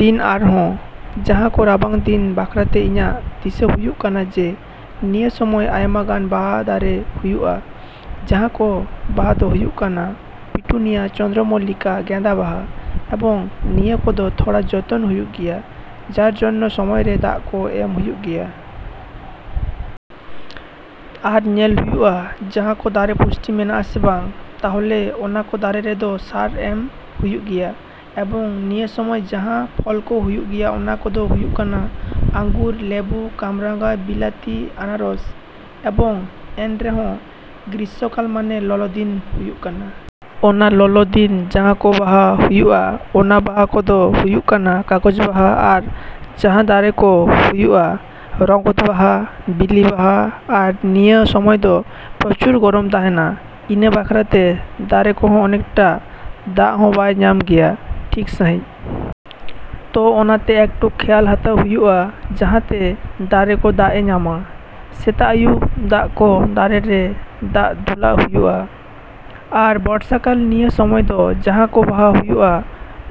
ᱫᱤᱱ ᱟᱨ ᱦᱚᱸ ᱡᱟᱦᱟᱸ ᱠᱚ ᱨᱟᱵᱟᱝ ᱫᱤᱱ ᱵᱟᱠᱷᱨᱟᱛᱮ ᱤᱧᱟᱹᱜ ᱫᱤᱥᱟᱹ ᱦᱩᱭᱩᱜ ᱠᱟᱱᱟ ᱡᱮ ᱱᱤᱭᱟᱹ ᱥᱚᱢᱚᱭ ᱟᱭᱢᱟᱜᱟᱱ ᱵᱟᱦᱟ ᱫᱟᱨᱮ ᱦᱩᱭᱩᱜᱼᱟ ᱡᱟᱦᱟᱸ ᱠᱚ ᱵᱟᱦᱟ ᱫᱚ ᱦᱩᱭᱩᱜ ᱠᱟᱱᱟ ᱯᱤᱴᱩᱱᱤᱭᱟ, ᱪᱚᱱᱫᱽᱨᱚᱢᱚᱞᱞᱤᱠᱟ, ᱜᱮᱸᱫᱟ ᱵᱟᱦᱟ ᱮᱵᱚᱝ ᱱᱤᱭᱟᱹ ᱠᱚᱫᱚ ᱛᱷᱚᱲᱟ ᱡᱚᱛᱚᱱ ᱦᱩᱭᱩᱜ ᱜᱮᱭᱟ ᱡᱟᱨ ᱡᱚᱱᱱᱚ ᱥᱚᱢᱚᱭ ᱨᱮ ᱫᱟᱜ ᱠᱚ ᱮᱢ ᱦᱩᱭᱩᱜ ᱜᱮᱭᱟ᱾ ᱟᱨ ᱧᱮᱞ ᱦᱩᱭᱩᱜᱼᱟ ᱡᱮ ᱡᱟᱦᱟᱸ ᱠᱚ ᱫᱟᱨᱮ ᱯᱩᱥᱴᱤ ᱢᱮᱱᱟᱜᱼᱟ ᱥᱮ ᱵᱟᱝ, ᱛᱟᱦᱞᱮ ᱚᱱᱟ ᱠᱚ ᱫᱟᱨᱮ ᱨᱮᱫᱚ ᱥᱟᱨ ᱠᱚ ᱮᱢ ᱦᱩᱭᱩᱜ ᱜᱮᱭᱟ᱾ ᱮᱵᱚᱝ ᱱᱤᱭᱟᱹ ᱥᱚᱢᱚᱭ ᱡᱟᱦᱟᱸ ᱯᱷᱚᱞ ᱠᱚ ᱦᱩᱭᱩᱜ ᱜᱮᱭᱟ ᱚᱱᱟ ᱠᱚᱫᱚ ᱦᱩᱭᱩᱜ ᱠᱟᱱᱟ ᱟᱸᱜᱩᱨ, ᱞᱮᱵᱩ, ᱠᱟᱢᱨᱟᱝᱟ, ᱵᱤᱞᱟᱛᱤ, ᱟᱱᱟᱨᱚᱥ ᱮᱵᱚᱝ ᱮᱱᱨᱮᱦᱚᱸ ᱜᱨᱤᱥᱥᱚ ᱠᱟᱞ ᱢᱟᱱᱮ ᱞᱚᱞᱚ ᱫᱤᱱ ᱦᱩᱭᱩᱜ ᱠᱟᱱᱟ᱾ ᱚᱱᱟ ᱞᱚᱞᱚ ᱫᱤᱱ ᱡᱟᱦᱟᱸ ᱠᱚ ᱵᱟᱦᱟ ᱦᱩᱭᱩᱜᱼᱟ ᱚᱱᱟ ᱵᱟᱦᱟ ᱠᱚᱫᱚ ᱦᱩᱭᱩᱜ ᱠᱟᱱᱟ ᱠᱟᱜᱚᱡᱽ ᱵᱟᱦᱟ ᱟᱨ ᱡᱟᱦᱟᱸ ᱫᱟᱨᱮ ᱠᱚ ᱦᱩᱭᱩᱜᱼᱟ ᱨᱚᱝᱜᱚᱱ ᱵᱟᱦᱟ, ᱵᱤᱞᱤ ᱵᱟᱦᱟ᱾ ᱟᱨ ᱱᱤᱭᱟᱹ ᱥᱚᱢᱚᱭ ᱫᱚ ᱯᱨᱚᱪᱩᱨ ᱜᱚᱨᱚᱢ ᱛᱟᱦᱮᱸᱱᱟ, ᱤᱱᱟᱹ ᱵᱟᱠᱷᱨᱟᱛᱮ ᱫᱟᱨᱮ ᱠᱚᱦᱚᱸ ᱚᱱᱮᱠᱴᱟ ᱫᱟᱜ ᱦᱚᱸ ᱵᱟᱭ ᱧᱟᱢ ᱜᱮᱭᱟ ᱴᱷᱤᱠ ᱥᱟᱹᱦᱤᱡ᱾ ᱛᱚ ᱚᱱᱛᱮ ᱮᱠᱴᱩ ᱠᱷᱮᱭᱟᱞ ᱦᱟᱛᱟᱣ ᱦᱩᱭᱩᱜᱼᱟ ᱡᱟᱦᱟᱸ ᱛᱮ ᱫᱟᱨᱮ ᱠᱚ ᱫᱟᱜ ᱮ ᱧᱟᱢᱟ᱾ ᱥᱮᱛᱟᱜ ᱟᱭᱩᱵ ᱫᱟᱜ ᱠᱚ ᱫᱟᱨᱮ ᱨᱮ ᱫᱟᱜ ᱫᱩᱞᱟᱜ ᱦᱩᱭᱩᱜᱼᱟ᱾ ᱟᱨ ᱵᱚᱨᱥᱟ ᱠᱟᱞ ᱱᱤᱭᱟᱹ ᱥᱚᱢᱚᱭ ᱫᱚ ᱡᱟᱦᱟᱸ ᱠᱚ ᱵᱟᱦᱟ ᱦᱩᱭᱩᱜᱼᱟ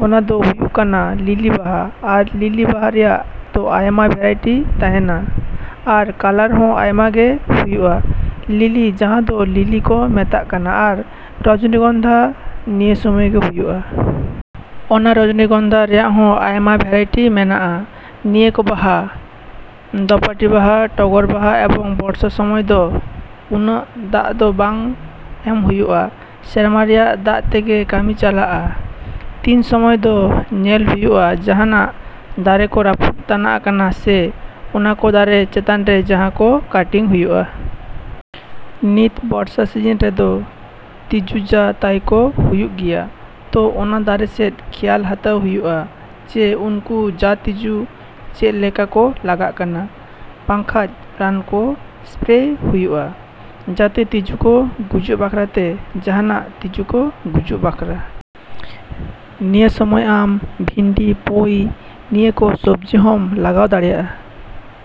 ᱚᱱᱟ ᱫᱚ ᱦᱩᱭᱩᱜ ᱠᱟᱱᱟ ᱞᱤᱞᱤ ᱵᱟᱦᱟ ᱟᱨ ᱞᱤᱞᱤ ᱵᱟᱦᱟ ᱨᱮᱭᱟᱜ ᱫᱚ ᱟᱭᱢᱟ ᱵᱷᱮᱨᱟᱭᱴᱤ ᱛᱟᱦᱮᱸᱱᱟ ᱟᱨ ᱠᱟᱞᱟᱨ ᱦᱚᱸ ᱟᱭᱢᱟᱜᱮ ᱦᱩᱭᱩᱜᱼᱟ ᱞᱤᱞᱤ ᱡᱟᱦᱟᱸ ᱫᱚ ᱞᱤᱞᱤ ᱠᱚ ᱢᱮᱛᱟᱜ ᱠᱟᱱᱟ ᱟᱨ ᱨᱚᱡᱚᱱᱤ ᱜᱚᱱᱫᱷᱟ ᱱᱤᱭᱟᱹ ᱥᱚᱢᱚᱭ ᱜᱮ ᱦᱩᱭᱩᱜᱼᱟ᱾ ᱚᱱᱟ ᱨᱚᱡᱚᱱᱤ ᱜᱚᱱᱫᱷᱟ ᱨᱮᱭᱟᱜ ᱦᱚᱸ ᱟᱭᱢᱟ ᱵᱷᱮᱨᱟᱭᱴᱤ ᱢᱮᱱᱟᱜᱼᱟ᱾ ᱱᱤᱭᱟᱹ ᱠᱚ ᱵᱟᱦᱟ ᱫᱳᱯᱟᱴᱤ ᱵᱟᱦᱟ, ᱴᱚᱜᱚᱨ ᱵᱟᱦᱟ ᱮᱵᱚᱝ ᱵᱚᱨᱥᱟ ᱥᱚᱢᱚᱭ ᱫᱚ ᱩᱱᱟᱹᱜ ᱫᱟᱜ ᱫᱚ ᱵᱟᱝ ᱮᱢ ᱦᱩᱭᱩᱜᱼᱟ, ᱥᱮᱨᱢᱟ ᱨᱮᱭᱟᱜ ᱫᱟᱜ ᱛᱮᱜᱮ ᱠᱟᱢᱤ ᱪᱟᱞᱟᱜᱼᱟ᱾ ᱛᱤᱱ ᱥᱚᱢᱚᱭ ᱫᱚ ᱧᱮᱞ ᱦᱩᱭᱩᱜᱼᱟ ᱡᱟᱦᱟᱸᱱᱟᱜ ᱫᱟᱨᱮ ᱠᱚ ᱨᱟᱯᱩᱜ ᱛᱟᱱᱤᱜ ᱠᱟᱱᱟ ᱥᱮ ᱚᱱᱟ ᱠᱚ ᱫᱟᱨᱮ ᱪᱮᱛᱟᱱ ᱨᱮ ᱡᱟᱦᱟᱸ ᱠᱚ ᱠᱟᱴᱤᱝ ᱦᱩᱭᱩᱜᱼᱟ᱾ ᱱᱤᱛ ᱵᱚᱨᱥᱟ ᱥᱤᱡᱤᱱ ᱨᱮᱫᱚ ᱛᱤᱡᱩ ᱡᱟ ᱛᱟᱭ ᱠᱚ ᱦᱩᱭᱩᱜ ᱜᱮᱭᱟ ᱛᱚ ᱚᱱᱟ ᱫᱟᱨᱮ ᱥᱮᱫ ᱠᱷᱮᱭᱟᱞ ᱦᱟᱛᱟᱣ ᱦᱩᱭᱩᱜᱼᱟ ᱡᱮ ᱩᱱᱠᱩ ᱡᱟ ᱛᱤᱡᱩ ᱪᱮᱫ ᱞᱮᱠᱟ ᱠᱚ ᱞᱟᱜᱟᱣ ᱠᱟᱱᱟ, ᱵᱟᱝ ᱠᱷᱟᱡ ᱨᱟᱱ ᱠᱚ ᱥᱯᱨᱮᱭᱟᱜ ᱦᱩᱭᱩᱜᱼᱟ ᱡᱟᱛᱮ ᱛᱤᱡᱩ ᱠᱚ ᱜᱩᱡᱩᱜ ᱵᱟᱠᱷᱨᱟ ᱥᱮ ᱡᱟᱦᱟᱸᱱᱟᱜ ᱛᱤᱡᱩ ᱠᱚ ᱜᱩᱡᱩᱜ ᱵᱟᱠᱷᱨᱟ᱾ ᱱᱤᱭᱟᱹ ᱥᱚᱢᱚᱭ ᱟᱢ ᱵᱷᱤᱱᱰᱤ, ᱯᱩᱭ ᱱᱤᱭᱟᱹ ᱠᱚ ᱥᱚᱵᱽᱡᱤ ᱦᱚᱸᱢ ᱞᱟᱜᱟᱣ ᱫᱟᱲᱮᱭᱟᱜᱼᱟ।